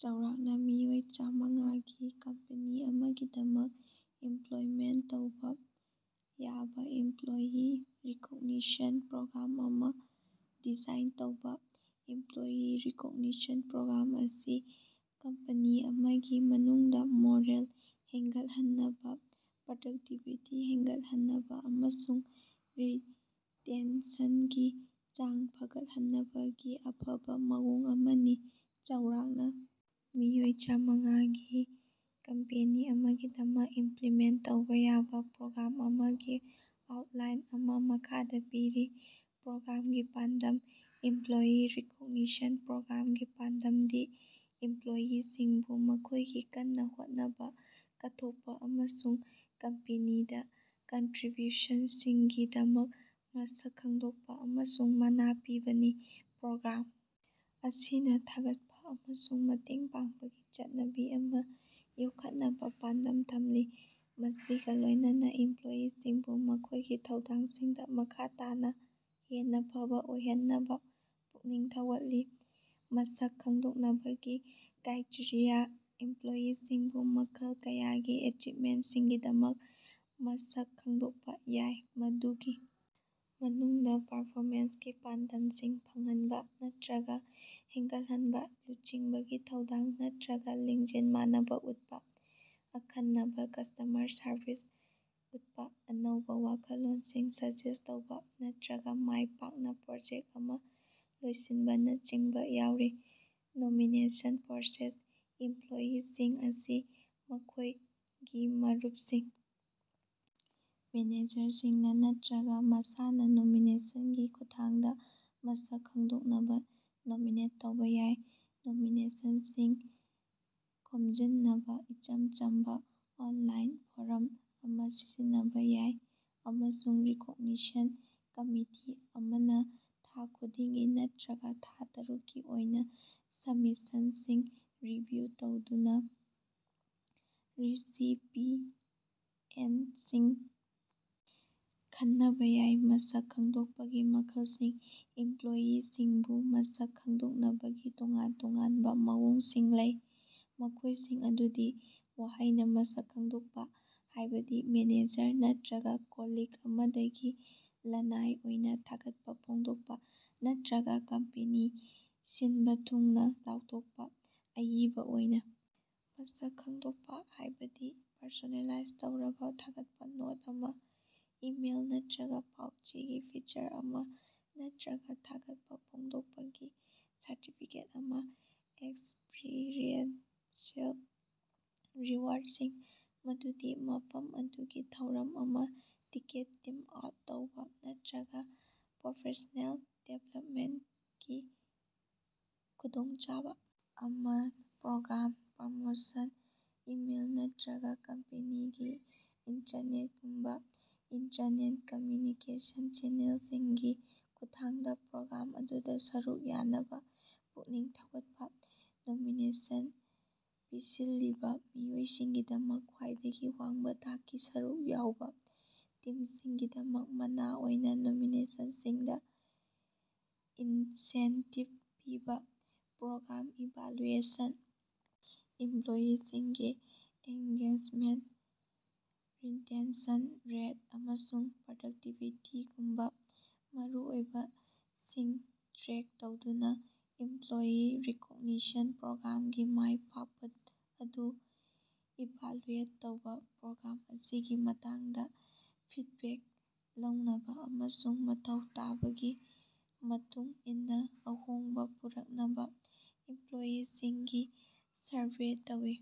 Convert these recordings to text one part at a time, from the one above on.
ꯆꯥꯎꯔꯥꯛꯅꯥ ꯃꯤꯑꯣꯏ ꯆꯥꯃꯉꯥꯒꯤ ꯀꯝꯄꯅꯤ ꯑꯃꯒꯤꯗꯃꯛ ꯏꯝꯄ꯭ꯂꯤꯃꯦꯟꯇ ꯇꯧꯕꯥ ꯌꯥꯕꯥ ꯏꯝꯄ꯭ꯂꯣꯌꯤ ꯔꯤꯀꯣꯒꯅꯤꯁꯟ ꯄ꯭ꯔꯣꯒ꯭ꯔꯥꯝ ꯑꯃꯥ ꯗꯤꯖꯥꯏꯟ ꯇꯧꯕꯥ꯫ ꯏꯝꯄ꯭ꯂꯣꯌꯤ ꯔꯤꯀꯣꯒꯅꯤꯁꯟ ꯄ꯭ꯔꯣꯒ꯭ꯔꯥꯝ ꯑꯁꯤ ꯀꯝꯄꯅꯤ ꯑꯃꯒꯤ ꯃꯅꯨꯡꯗꯥ ꯃꯣꯔꯦꯜ ꯍꯦꯟꯒꯠꯍꯟꯅꯕꯥ, ꯄ꯭ꯔꯗꯛꯇꯤꯚꯤꯇꯤ ꯍꯦꯟꯒꯠꯍꯟꯅꯕꯥ ꯑꯃꯁꯨꯡ ꯔꯤꯇꯦꯟꯁꯟꯒꯤ ꯆꯥꯡ ꯐꯒꯠꯍꯟꯅꯕꯒꯤ ꯑꯐꯕꯥ ꯃꯑꯣꯡ ꯑꯃꯅꯤ꯫ ꯆꯥꯎꯔꯥꯛꯅꯥ ꯃꯤꯑꯣꯏ ꯆꯥꯃꯉꯥꯒꯤ ꯀꯝꯄꯦꯅꯤ ꯑꯃꯒꯤꯗꯃꯛ ꯏꯝꯄ꯭ꯂꯤꯃꯦꯟꯇ ꯇꯧꯕꯥ ꯌꯥꯕꯥ ꯄ꯭ꯔꯣꯒ꯭ꯔꯥꯝ ꯑꯃꯒꯤ ꯑꯥꯎꯠꯂꯥꯏꯟ ꯑꯃꯥ ꯃꯈꯥꯗꯥ ꯄꯤꯔꯤ꯫ ꯄ꯭ꯔꯣꯒ꯭ꯔꯥꯝꯒꯤ ꯄꯥꯟꯗꯝ: ꯏꯝꯄ꯭ꯂꯣꯌꯤ ꯔꯤꯀꯣꯒꯅꯤꯁꯟ ꯄ꯭ꯔꯣꯒ꯭ꯔꯥꯝꯒꯤ ꯄꯥꯟꯗꯝꯗꯤ ꯏꯝꯄ꯭ꯂꯣꯌꯤꯁꯤꯡꯕꯨ ꯃꯈꯣꯢꯒꯤ ꯀꯟꯅꯥ ꯍꯣꯠꯅꯕꯥ, ꯀꯠꯊꯣꯀꯄꯥ ꯑꯃꯁꯨꯡ ꯀꯝꯄꯅꯤꯗꯥ ꯀꯟꯇ꯭ꯔꯤꯕ꯭ꯌꯨꯁꯟꯁꯤꯡꯒꯤꯗꯃꯛ ꯃꯁꯛ ꯈꯪꯗꯣꯛꯄꯥ ꯑꯃꯁꯨꯡ ꯃꯥꯅꯥ ꯄꯤꯕꯅꯤ꯫ ꯄ꯭ꯔꯣꯒ꯭ꯔꯥꯝ ꯑꯁꯤꯅꯥ ꯊꯥꯒꯠꯄꯥ ꯑꯃꯁꯨꯡ ꯃꯇꯦꯡ ꯄꯥꯡꯕꯒꯤ ꯆꯠꯅꯕꯤ ꯑꯃꯥ ꯌꯣꯛꯈꯠꯅꯕꯥ ꯄꯥꯟꯗꯝ ꯊꯝꯂꯤ, ꯃꯁꯤꯒꯥ ꯂꯣꯢꯅꯅꯥ ꯏꯝꯄ꯭ꯂꯣꯌꯤꯁꯤꯡꯕꯨ ꯃꯈꯣꯢꯒꯤ ꯊꯧꯗꯥꯡꯁꯤꯡꯗꯥ ꯃꯈꯥ ꯇꯥꯅꯥ ꯍꯦꯟꯅꯥ ꯐꯕꯥ ꯑꯣꯏꯍꯟꯅꯕꯥ ꯄꯨꯛꯅꯤꯡ ꯊꯧꯒꯠꯂꯤ꯫ ꯃꯁꯛ ꯈꯪꯗꯣꯛꯅꯕꯒꯤ ꯀ꯭ꯔꯥꯏꯇꯦꯔꯤꯌꯥ: ꯏꯝꯄ꯭ꯂꯣꯌꯤꯁꯤꯡꯕꯨ ꯃꯈꯜ ꯀꯌꯥꯒꯤ ꯑꯦꯆꯤꯞꯃꯦꯟꯇꯁꯤꯡꯒꯤꯗꯃꯛ ꯃꯁꯛ ꯈꯪꯗꯣꯛꯄꯥ ꯌꯥꯏ, ꯃꯗꯨꯒꯤ ꯃꯅꯨꯡꯗꯥ ꯄꯔꯐꯣꯃꯦꯟꯁꯀꯤ ꯄꯥꯟꯗꯝꯁꯤꯡ ꯐꯪꯍꯟꯕꯥ ꯅꯠꯇ꯭ꯔꯒꯥ ꯍꯦꯟꯒꯠꯍꯟꯕꯥ, ꯂꯨꯆꯤꯡꯕꯒꯤ ꯊꯧꯗꯥꯡ ꯅꯠꯇ꯭ꯔꯒꯥ ꯂꯤꯡꯖꯦꯜ ꯃꯅꯕꯥ ꯎꯠꯄꯥ, ꯑꯈꯟꯅꯕꯥ ꯀꯁꯇꯃꯔ ꯁꯔꯕꯤꯁ ꯎꯠꯄꯥ, ꯑꯅꯧꯕꯥ ꯋꯥꯈꯜꯂꯣꯟꯁꯤꯡ ꯁꯖꯦꯁꯇ ꯇꯧꯕꯥ, ꯅꯠꯇ꯭ꯔꯒꯥ ꯃꯥꯢ ꯄꯥꯛꯅꯥ ꯄ꯭ꯔꯣꯖꯦꯛꯇ ꯑꯃꯥ ꯂꯣꯏꯁꯤꯟꯕꯥꯅꯆꯤꯡꯕ ꯌꯥꯎꯔꯤ꯫ ꯅꯣꯃꯤꯅꯦꯁꯟ ꯄ꯭ꯔꯣꯁꯦꯁ: ꯏꯝꯄ꯭ꯂꯣꯌꯤꯁꯤꯡ ꯑꯁꯤ ꯃꯈꯣꯢꯒꯤ ꯃꯔꯨꯞꯁꯤꯡ, ꯃꯦꯅꯦꯖꯔꯁꯤꯡꯅꯥ ꯅꯠꯇ꯭ꯔꯒꯥ ꯃꯁꯥꯅꯥ ꯅꯣꯃꯤꯅꯦꯁꯟꯒꯤ ꯈꯨꯠꯊꯥꯡꯗꯥ ꯃꯁꯛ ꯈꯪꯗꯣꯛꯅꯕꯥ ꯅꯣꯃꯤꯅꯦꯠ ꯇꯧꯕꯥ ꯌꯥꯏ꯫ ꯅꯣꯃꯤꯅꯦꯁꯟꯁꯤꯡ ꯈꯣꯝꯖꯤꯟꯅꯕꯥ ꯏꯆꯝ ꯆꯝꯕꯥ ꯑꯣꯟꯂꯥꯏꯟ ꯐꯣꯔꯝ ꯑꯃꯥ ꯁꯤꯖꯤꯟꯅꯕꯥ ꯌꯥꯏ, ꯑꯃꯁꯨꯡ ꯔꯤꯀꯣꯛꯅꯤꯁꯟ ꯀꯝꯃꯤꯇꯤ ꯑꯃꯅꯥ ꯊꯥ ꯈꯨꯗꯤꯡꯒꯤ ꯅꯠꯇ꯭ꯔꯒꯥ ꯊꯥ ꯇꯔꯨꯛꯀꯤ ꯑꯣꯏꯅꯥ ꯁꯕꯃꯤꯁꯟꯁꯤꯡ ꯔꯤꯚꯤꯌꯨ ꯇꯧꯗꯨꯅꯥ ꯔꯤꯁꯤꯄꯤꯌꯟꯇꯁꯤꯡ ꯈꯟꯅꯕ ꯌꯥꯏ꯫ ꯃꯁꯛ ꯈꯪꯗꯣꯛꯄꯒꯤ ꯃꯈꯜꯁꯤꯡ: ꯏꯝꯄ꯭ꯂꯣꯌꯤꯁꯤꯡꯕꯨ ꯃꯁꯛ ꯈꯪꯗꯣꯛꯅꯕꯒꯤ ꯇꯣꯉꯥꯟ ꯇꯣꯉꯥꯟꯕꯥ ꯃꯑꯣꯡꯁꯤꯡ ꯂꯩ, ꯃꯈꯣꯢꯁꯤꯡ ꯑꯗꯨꯗꯤ: ꯋꯥꯍꯩꯅꯥ ꯃꯁꯛ ꯈꯪꯗꯣꯛꯄꯥ, ꯍꯥꯢꯕꯗꯤ ꯃꯦꯅꯦꯖꯔ ꯅꯠꯔꯒꯥ ꯀꯣꯂꯤꯛ ꯑꯃꯗꯒꯤ ꯂꯅꯥꯏ ꯑꯣꯏꯅꯥ ꯊꯥꯒꯠꯄꯥ ꯐꯣꯡꯗꯣꯛꯄꯥ, ꯅꯠꯔꯒꯥ ꯀꯝꯄꯅꯤ ꯁꯤꯟꯕꯥ ꯊꯨꯡꯅꯥ ꯂꯥꯎꯊꯣꯀꯄꯥ꯫ ꯑꯏꯕꯥ ꯑꯣꯏꯅꯥ ꯃꯁꯛ ꯈꯪꯗꯣꯛꯄꯥ, ꯍꯥꯢꯕꯗꯤ ꯄꯔꯁꯣꯅꯦꯂꯥꯏꯖ ꯇꯧꯔꯕꯥ ꯊꯥꯒꯠꯄꯥ ꯅꯣꯠ ꯑꯃꯥ, ꯏꯃꯦꯜ ꯅꯠꯠꯔꯒꯥ ꯄꯥꯎ-ꯆꯦꯒꯤ ꯐꯤꯆꯔ ꯑꯃꯥ, ꯅꯠꯇ꯭ꯔꯒꯥ ꯊꯥꯒꯠꯄꯥ ꯐꯣꯡꯗꯣꯛꯄꯒꯤ ꯁꯔꯇꯤꯐꯤꯀꯦꯠ ꯑꯃꯥ꯫ ꯑꯦꯛꯁꯄꯤꯔꯤꯑꯦꯟꯁꯤꯑꯦꯜ ꯔꯤꯋꯥꯔꯗꯁꯤꯡ, ꯃꯗꯨꯗꯤ ꯃꯐꯝ ꯑꯗꯨꯒꯤ ꯊꯧꯔꯝ ꯑꯃꯒꯤ ꯇꯤꯀꯦꯠ, ꯇꯤꯝ ꯑꯥꯎꯠ ꯇꯧꯕꯥ, ꯅꯠꯇ꯭ꯔꯒꯥ ꯄ꯭ꯔꯣꯐꯦꯁ꯭ꯅꯦꯜ ꯗꯤꯕꯦꯂꯞꯃꯦꯟꯇꯀꯤ ꯈꯨꯗꯣꯡꯆꯥꯕꯥ ꯑꯃꯥ꯫ ꯄ꯭ꯔꯣꯒ꯭ꯔꯥꯝ ꯄ꯭ꯔꯃꯣꯁꯟ: ꯏꯃꯦꯜ ꯅꯠꯇ꯭ꯔꯒꯥ ꯀꯝꯄꯅꯤꯒꯤ ꯏꯟꯇꯔꯅꯦꯠꯒꯨꯝꯕꯥ ꯏꯟꯇꯔꯅꯦꯜ ꯀꯝꯃ꯭ꯌꯨꯅꯤꯀꯦꯁꯟ ꯆꯦꯅꯦꯜꯁꯤꯡꯒꯤ ꯈꯨꯠꯊꯥꯡꯗꯥ ꯄ꯭ꯔꯣꯒ꯭ꯔꯥꯝ ꯑꯗꯨꯗꯥ ꯁꯔꯨꯛ ꯌꯥꯅꯕꯥ ꯄꯨꯛꯅꯤꯡ ꯊꯧꯒꯠꯄꯥ꯫ ꯅꯣꯃꯤꯅꯦꯁꯟ ꯄꯤꯁꯤꯜꯂꯤꯕꯥ ꯃꯤꯑꯣꯏꯁꯤꯡꯒꯤꯗꯃꯛ ꯈ꯭ꯋꯥꯏꯗꯒꯤ ꯋꯥꯡꯕꯥ ꯊꯥꯛꯀꯤ ꯁꯔꯨꯛ ꯌꯥꯎꯕꯥ ꯇꯤꯝꯁꯤꯡꯒꯤꯗꯃꯛ ꯃꯅꯥ ꯑꯣꯢꯅ ꯅꯣꯃꯤꯅꯦꯁꯟꯁꯤꯡꯗ ꯏꯟꯁꯦꯟꯇꯤꯚ ꯄꯤꯕꯥ꯫ ꯄ꯭ꯔꯣꯒ꯭ꯔꯥꯝ ꯏꯚꯥꯂꯨꯑꯦꯁꯟ: ꯏꯃꯄ꯭ꯂꯣꯌꯤꯁꯤꯡꯒꯤ ꯑꯦꯟꯒꯦꯖꯃꯦꯟꯇ, ꯔꯤꯇꯦꯟꯁꯟ ꯔꯦꯠ, ꯑꯃꯁꯨꯡ ꯄ꯭ꯔꯗꯛꯇꯤꯕꯤꯇꯤꯒꯨꯝꯕꯥ ꯃꯔꯨꯑꯣꯏꯕꯥ ꯁꯤꯡ ꯇ꯭ꯔꯦꯛ ꯇꯧꯗꯨꯅꯥ ꯏꯝꯄ꯭ꯂꯣꯌꯤ ꯔꯤꯀꯣꯒꯅꯤꯁꯟ ꯄ꯭ꯔꯣꯒ꯭ꯔꯥꯝꯒꯤ ꯃꯥꯢ ꯄꯥꯛꯄꯥ ꯑꯗꯨ ꯏꯚꯥꯂꯨꯑꯦꯠ ꯇꯧꯕꯥ꯫ ꯄ꯭ꯔꯣꯒ꯭ꯔꯥꯝ ꯑꯁꯤꯒꯤ ꯃꯇꯥꯡꯗꯥ ꯐꯤꯗꯕꯦꯛ ꯂꯧꯅꯕꯥ ꯑꯃꯁꯨꯡ ꯃꯊꯧ ꯇꯥꯕꯒꯤ ꯃꯇꯨꯡ ꯏꯟꯅꯥ ꯑꯍꯣꯡꯕꯥ ꯄꯨꯔꯛꯅꯕꯥ ꯏꯝꯄ꯭ꯂꯣꯌꯤꯁꯤꯡꯒꯤ ꯁꯔꯚꯦ ꯇꯧꯢ꯫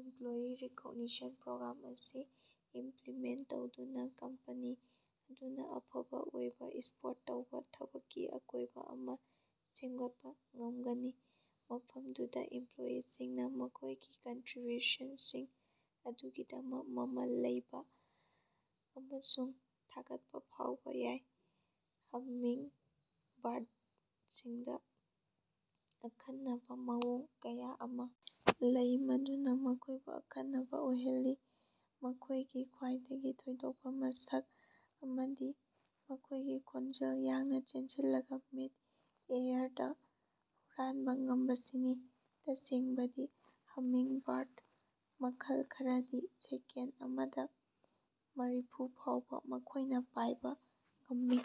ꯏꯝꯄ꯭ꯂꯣꯌꯤ ꯔꯤꯀꯣꯒꯅꯤꯁꯟ ꯄ꯭ꯔꯣꯒ꯭ꯔꯥꯝ ꯑꯁꯤ ꯏꯝꯄ꯭ꯂꯤꯃꯦꯟꯇ ꯇꯧꯗꯨꯅꯥ, ꯀꯝꯄꯅꯤ ꯑꯗꯨꯅꯥ ꯑꯐꯕ ꯑꯣꯏꯕꯥ ꯁꯄꯣꯔꯠ ꯇꯧꯕꯥ ꯊꯕꯛꯀꯤ ꯑꯀꯣꯢꯕ ꯑꯃꯥ ꯁꯦꯃꯒꯠꯄꯥ ꯉꯃꯒꯅꯤ, ꯃꯐꯃꯗꯨꯗꯥ ꯏꯝꯄ꯭ꯂꯣꯌꯤꯁꯤꯡꯅꯥ ꯃꯈꯣꯢꯒꯤ ꯀꯟꯇ꯭ꯔꯤꯕ꯭ꯌꯨꯁꯟꯁꯤꯡ ꯑꯗꯨꯒꯤꯗꯃꯛ ꯃꯃꯜ ꯂꯩꯕꯥ ꯑꯃꯁꯨꯡ ꯊꯥꯒꯠꯄꯥ ꯐꯥꯎꯕꯥ ꯌꯥꯏ꯫ ꯍꯃꯤꯡꯕꯥꯔꯗꯁꯤꯡꯗꯥ ꯑꯈꯟꯅꯕꯥ ꯃꯑꯣꯡ ꯀꯌꯥ ꯑꯃꯥ ꯂꯩ ꯃꯗꯨꯅꯥ ꯃꯈꯣꯢꯕꯨ ꯑꯈꯟꯅꯕꯥ ꯑꯣꯏꯍꯜꯂꯤ꯫ ꯃꯈꯣꯢꯒꯤ ꯈ꯭ꯋꯥꯏꯗꯒꯤ ꯊꯣꯏꯗꯣꯀꯄꯥ ꯃꯁꯛ ꯑꯃꯗꯤ ꯃꯈꯣꯢꯒꯤ ꯈꯣꯡꯖꯦꯜ ꯌꯥꯡꯅꯥ ꯆꯦꯟꯁꯤꯜꯂꯒꯥ ꯃꯤꯗ-ꯑꯦꯌꯔꯗꯥ ꯍꯨꯔꯥꯟꯕꯥ ꯉꯝꯕꯁꯤꯅꯤ꯫ ꯇꯁꯦꯡꯕꯗꯤ, ꯍꯃꯤꯡꯕꯥꯔꯗ ꯃꯈꯜ ꯈꯔꯗꯤ ꯁꯦꯀꯦꯟꯗ ꯑꯃꯗꯥ ꯃꯔꯤꯐꯨ ꯐꯥꯎꯕꯥ ꯃꯈꯣꯢꯅ ꯄꯥꯢꯕ ꯉꯝꯃꯤ꯫